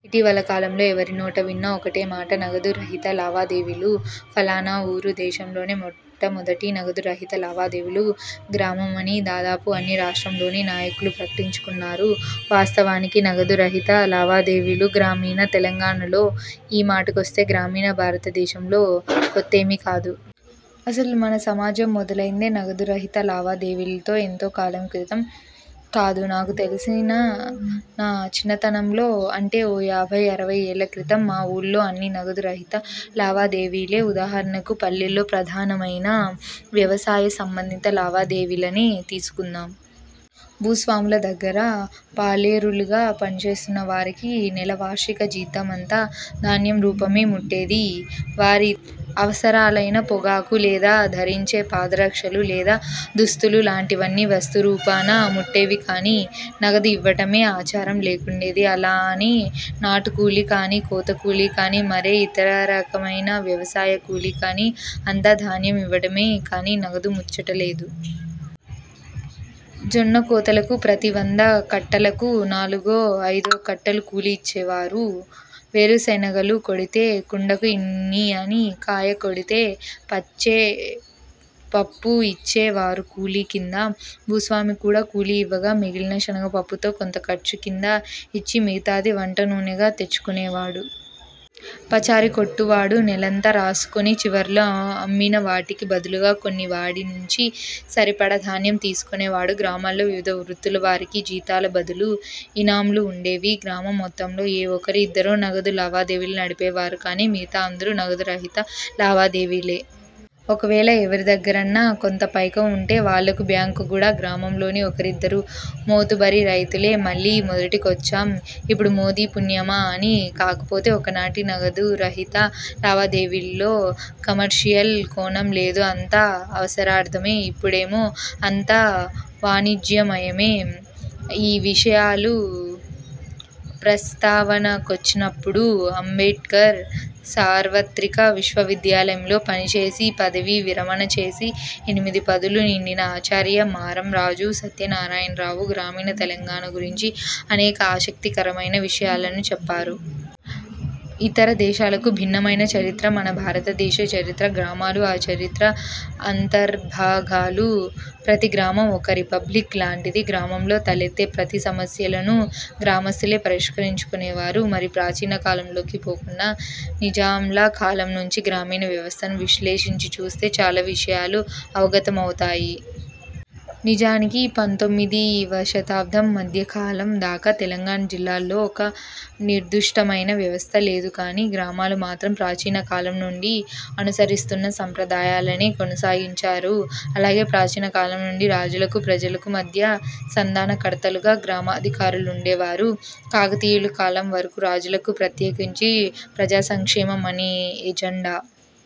ఇటీవలి కాలంలో ఎవరి నోట విన్నా ఒకటే మాట''నగదు రహిత లావాదేవీలు''. ఫలానా వూరు దేశంలోనే మొట్టమొదటి నగదు రహిత లావాదేవీల గ్రామమని దాదాపు అన్ని రాష్ట్లోని నాయకులు ప్రకటించుకున్నారు. వాస్తవానికి నగదు రహిత లావాదేవీలు గ్రామీణ తెలంగాణాలో, ఆ మాటకొస్తే, గ్రామీణ భారతదేశంలో కొత్తేమీ కాదు. అసలు మన సమాజం మొదలైందే నగదు రహిత లావాదేవీలతో. ఎంతో కాలం క్రితం కాదు నాకు తెలిసి నా చిన్నతనంలో, అంటే ఓ యాభై అరవై ఏళ్ల క్రితం మా వూళ్లో అన్నీ నగదు రహిత లావాదేవీలే. ఉదాహరణకు పల్లెల్లో ప్రధానమైన వ్యవసాయ సంబంధిత లావాదేవీలనే తీసుకుందాం. భూస్వాముల దగ్గర పాలేరులుగా పనిచేస్తున్న వారికి నెల వార్షిక జీతమంతా ధాన్యం రూపేణా ముట్టేది. వారి ఇతర అవసరాలైన పొగాకు, లేదా ధరించే పాద రక్షలు, లేదా దుస్తులు లాంటివన్నీ వస్తు రూపేణా ముట్టేవే కానీ నగదు ఇవ్వడమనే ఆచారం లేకుండేది. అలానే నాటు కూలీ కాని, కోత కూలీ కాని, మరే ఇతర రకమైన వ్యవసాయ కూలీ కాని అంతా ధాన్యం ఇవ్వడమే కానీ నగదు ముచ్చటే లేదు. జొన్న కోతలకు ప్రతి వంద కట్టలకు నాలుగో ఐదో కట్టలు కూలీ ఇచ్చేవారు. వేరు శనగలు కొడితే కుండకు ఇన్ని అని కాయ కొడితే వచ్చే పప్పు ఇచ్చే వారు కూలీ కింద. భూస్వామి కూడా కూలీ ఇవ్వగా మిగిలిన శనగ పప్పులో కొంత ఖర్చు కింద ఇచ్చి మిగతాది వంట నూనెగా తెచ్చుకునేవాడు. పచారి కొట్టువాడు నెలంతా రాసుకుని చివర్లో ఆ అమ్మిన వాటికి బదులుగా కొన్న వాడిచి సరిపడా ధాన్యం తీసుకునేవాడు. గ్రామాల్లో వివిధ వృత్తుల వారికి జీతాల బదులు ఇనాంలు వుండేవి. గ్రామం మొత్తంలో ఏ ఒకరో ఇద్దరో నగదు లావాదేవీలు నడిపేవారు కానీ మిగతా అందరూ నగదు రహిత లావాదేవీలే. ఒకవేళ ఎవరి దగ్గరన్నా కొంత పైకం వుంటే వాళ్లకు బ్యాంకు కూడా గ్రామంలోని ఒకరిద్దరు మోతుబరి రైతులే. మళ్లీ మొదటికొచ్చాం ఇప్పుడు మోదీ పుణ్యమా అని. కాకపోతే ఒకనాటి నగదు రహిత లావాదేవీల్లో ''కమర్షియల్'' కోణం లేదు అంతా అవసరార్థమే! ఇప్పుడేమో అంతా వాణిజ్యమయమే! ఈ విషయాలు ప్రస్తావనకొచ్చినప్పుడు, అంబేడ్కర్ సార్వత్రిక విశ్వవిద్యాలయంలో పనిచేసి పదవీ విరమణ చేసిన ఎనిమిది పదులు నిండిన ఆచార్య మారంరాజు సత్యనారాయణ రావు గ్రామీణ తెలంగాణ గురించి అనేక ఆసక్తికరమైన విషయాలను చెప్పారు. ఇతర దేశాలకు భిన్నమైన చరిత్ర మన భారతదేశ చరిత్ర. గ్రామాలు ఆ చరిత్ర అంతర్భాగాలు. ప్రతీ గ్రామం ఒక ''రిపబ్లిక్'' లాంటిది. గ్రామంలో తలెత్తే ప్రతి సమస్యనూ గ్రామస్తులే పరిష్కరించుకునేవారు. మరీ ప్రాచీన కాలంలోకి పోకుండా నిజాంల కాలం నుంచి గ్రామీణ వ్యవస్థను విశ్లేషించి చూస్తే చాలా విషయాలు అవగతమౌతాయి. నిజానికి పంతొమ్మిదివ శతాబ్దం మధ్యకాలం దాకా తెలంగాణ జిల్లాలలో ఒక నిర్దుష్టమైన వ్యవస్థ లేదు కాని, గ్రామాలు మాత్రం ప్రాచీన కాలం నుండి అనుసరిస్తున్న సాంప్రదాయాలనే కొనసాగించారు. అలాగే ప్రాచీన కాలం నుండి రాజులకు, ప్రజలకు మధ్య సంధానకర్తలుగా గ్రామాధికారులుండేవారు. కాకతీయుల కాలం వరకూ రాజులకు ప్రత్యేకించి ప్రజాసంక్షేమం అనే ఎజెండా